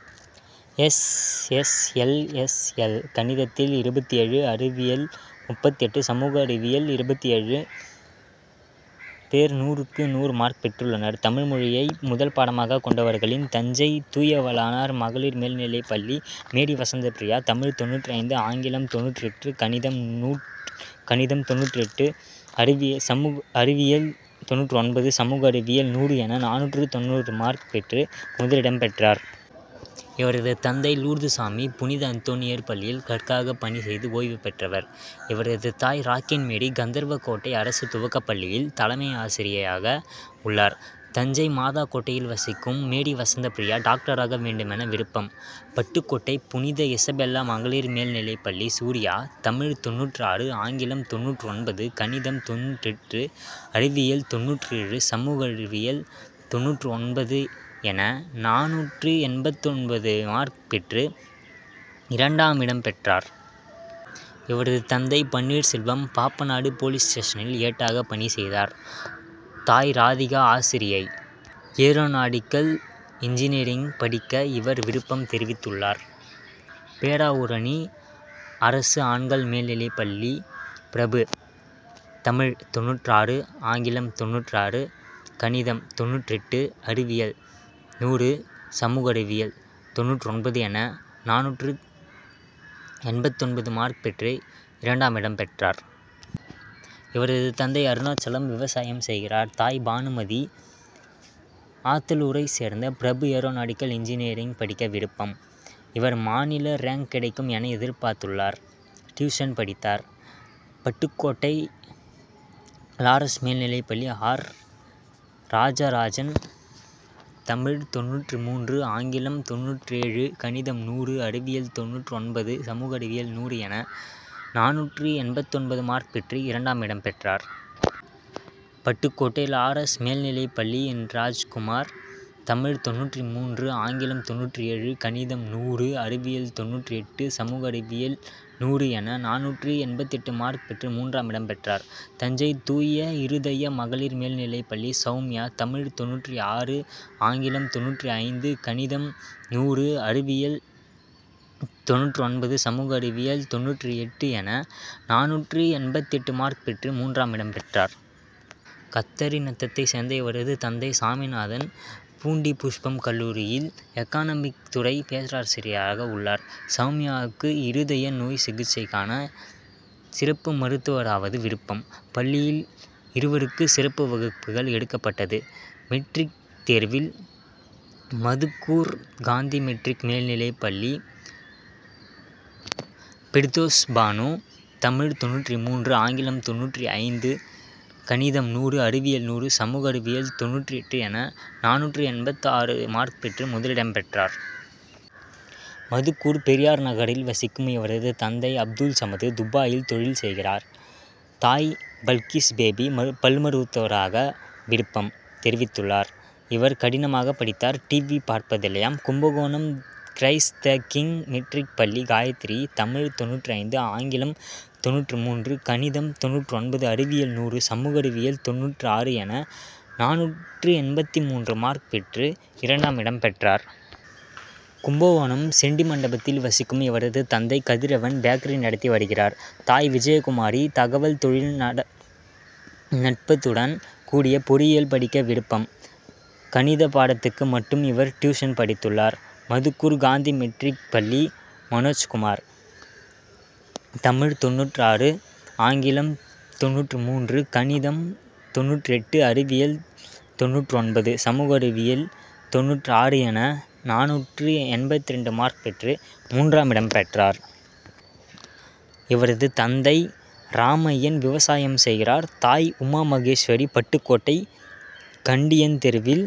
Thanjavur: S. S. L. S. S. L. கணிதத்தில் இருபத்தேழு, அறிவியல் முப்பத்தெட்டு, சமூக அறிவியல் இருபத்தேழு பேர் நூறுக்கு நூறு மார்க் பெற்றுள்ளனர். தமிழ் மொழியை முதல் பாடமாக கொண்டவர்களின், தஞ்சை தூயவளனார் மகளிர் மேல்நிலைப்பள்ளி மேரிவசந்தப்பிரியா தமிழ் தொண்ணூற்று ஐந்து, ஆங்கிலம் தொண்ணூற்று எட்டு, கணிதம் தொண்ணூற்று எட்டு, அறிவியல் தொண்ணூற்று ஒன்பது, சமூக அறிவியல் நூறு என நானூற்று தொண்ணூறு மார்க் பெற்று முதலிடம் பெற்றார். இவரது தந்தை லூர்துசாமி புனித அந்தோணியார் பள்ளியில் கிளர்க்காக பணி செய்து ஓய்வு பெற்றவர். இவரது தாய் ராக்கின்மேரி கந்தர்வக்கோட்டை அரசு துவக்கப்பள்ளியில் தலைமை ஆசிரியையாக உள்ளார். தஞ்சை மாதாக்கோட்டையில் வசிக்கும் மேரிவசந்தப்பிரியா டாக்டராக வேண்டுமென விருப்பம். பட்டுக்கோட்டை புனித இசபெல்லா மகளிர் மேல்நிலைப்பள்ளி சூரியா தமிழ் தொண்ணூற்று ஆறு, ஆங்கிலம் தொண்ணூற்று ஒன்பது, கணிதம் தொண்ணூற்று எட்டு, அறிவியல் தொண்ணூற்று ஏழு, சமூக அறிவியல் தொண்ணூற்று ஒன்பது என நானூற்று எண்பத்தொன்பது மார்க் பெற்று இரண்டாமிடம் பெற்றார். இவரது தந்தை பன்னீர்செல்வம் பாப்பநாடு போலீஸ் ஸ்டேஷனில் ஏட்டாக பணி செய்கிறார். தாய் ராதிகா ஆசிரியை. ஏரோநாடிக்கல் இன்ஜினியரிங் படிக்க இவர் விருப்பம் தெரிவித்துள்ளார். பேராவூரணி அரசு ஆண்கள் மேல்நிலைப்பள்ளி பிரபு தமிழ் தொண்ணூற்று ஆறு, ஆங்கிலம் தொண்ணூற்று ஆறு, கணிதம் தொண்ணூற்று எட்டு, அறிவியல் நூறு, சமூக அறிவியல் தொண்ணூற்று ஒன்பது என நானூற்று எண்பத்தொன்பது மார்க் பெற்று இரண்டாமிடம் பெற்றார். இவரது தந்தை அருணாசலம் விவசாயம் செய்கிறார். தாய் பானுமதி. ஆத்தாளூரைச் சேர்ந்த பிரபு ஏரோநாடிக்கல் இன்ஜினியரிங் படிக்க விருப்பம். இவர் மாநில ரேங்க் கிடைக்கும் என எதிர்பார்த்துள்ளார். டியூஷன் படித்தார். ப ட்டுக்கோட்டை லாரல் மேல்நிலைப்பள்ளி ஆர். ராஜராஜன் தமிழ் தொண்ணூற்று மூன்று, ஆங்கிலம் தொண்ணூற்று ஏழு, கணிதம் நூறு, அறிவியல் தொண்ணூற்று ஒன்பது, சமூக அறிவியல் நூறு என நானூற்று எண்பத்தொன்பது மார்க் பெற்று இரண்டாமிடம் பெற்றார். பட்டுக்கோட்டை லாரல் மேல்நிலைப்பள்ளி என். ராஜ்குமார் தமிழ் தொண்ணூற்று மூன்று, ஆங்கிலம் தொண்ணூற்று ஏழு, கணிதம் நூறு, அறிவியல் தொண்ணூற்று எட்டு, சமூக அறிவியல் நூறு என நானூற்று எண்பத்தெட்டு மார்க் பெற்று மூன்றாமிடம் பெற்றார். தஞ்சை தூய இருதய மகளிர் மேல்நிலைப்பள்ளி சௌமியா தமிழ் தொண்ணூற்று ஆறு, ஆங்கிலம் தொண்ணூற்று ஐந்து, கணிதம் நூறு, அறிவியல் தொண்ணூற்று ஒன்பது, சமூக அறிவியல் தொண்ணூற்று எட்டு என நானூற்று எண்பத்தெட்டு மார்க் பெற்று மூன்றாமிடம் பெற்றார். கத்தரிநத்தத்தை சேர்ந்த இவரது தந்தை சாமிநாதன் பூண்டி புஷ்பம் கல்லூரியில் எக்கனாமிக் துறை பேராசிரியராக உள்ளார். சௌமியாவுக்கு இருதய நோய் சிகிச்சைக்கான சிறப்பு மருத்துவராவது விருப்பம். பள்ளியில் இவருக்கு சிறப்பு வகுப்புகள் எடுக்கப்பட்டது. மெட்ரிக் தேர்வில் மதுக்கூர் காந்தி மெட்ரிக் மேல்நிலைப்பள்ளி பிர்தோஸ்பானு தமிழ் தொண்ணூற்று மூன்று, ஆங்கிலம் தொண்ணூற்று ஐந்து, கணிதம் நூறு, அறிவியல் நூறு, சமூக அறிவியல் தொண்ணூற்று எட்டு என நானூற்று எண்பத்தாறு மார்க் பெற்று முதலிடம் பெற்றார். மதுக்கூர் பெரியார் நகரில் வசிக்கும் இவரது தந்தை அப்துல்சமது துபாயில் தொழில் செய்கிறார். தாய் பல்கீஸ்பேபி. பல் மருத்துவராக விருப்பம் தெரிவித்துள்ளார். இவர் கடினமாக படித்தார். டிவி பார்ப்பதில்லையாம். Kumbakonam Christ the king matric பள்ளி காயத்ரி தமிழ் தொண்ணூற்று ஐந்து, ஆங்கிலம் தொண்ணூற்று மூன்று, கணிதம் தொண்ணூற்று ஒன்பது, அறிவியல் நூறு, சமூக அறிவியல் தொண்ணூற்று ஆறு என நானூற்று எண்பத்து மூன்று மார்க் பெற்று இரண்டாமிடம் பெற்றார். கும்பகோணம் செட்டிமண்டபத்தில் வசிக்கும் இவரது தந்தை கதிரவன் பேக்கரி நடத்தி வருகிறார். தாய் விஜயகுமாரி. தகவல் தொழில் நுட்பத்துடன் கூடிய பொறியியல் படிக்க விருப்பம். கணித பாடத்துக்கு மட்டும் இவர் டியூஷன் படித்துள்ளார். மதுக்கூர் காந்தி மெட்ரிக் பள்ளி மனோஜ்குமார் தமிழ் தொண்ணூற்று ஆறு, ஆங்கிலம் தொண்ணூற்று மூன்று, கணிதம் தொண்ணூற்று எட்டு, அறிவியல் தொண்ணூற்று ஒன்பது, சமூக அறிவியல் தொண்ணூற்று ஆறு என நானூற்று எண்பத்திரண்டு மார்க் பெற்று மூன்றாமிடம் பெற்றார். இவரது தந்தை ராமையன் விவசாயம் செய்கிறார். தாய் உமாமகேஸ்வரி. பட்டுக்கோட்டை கண்டியன் தெருவில்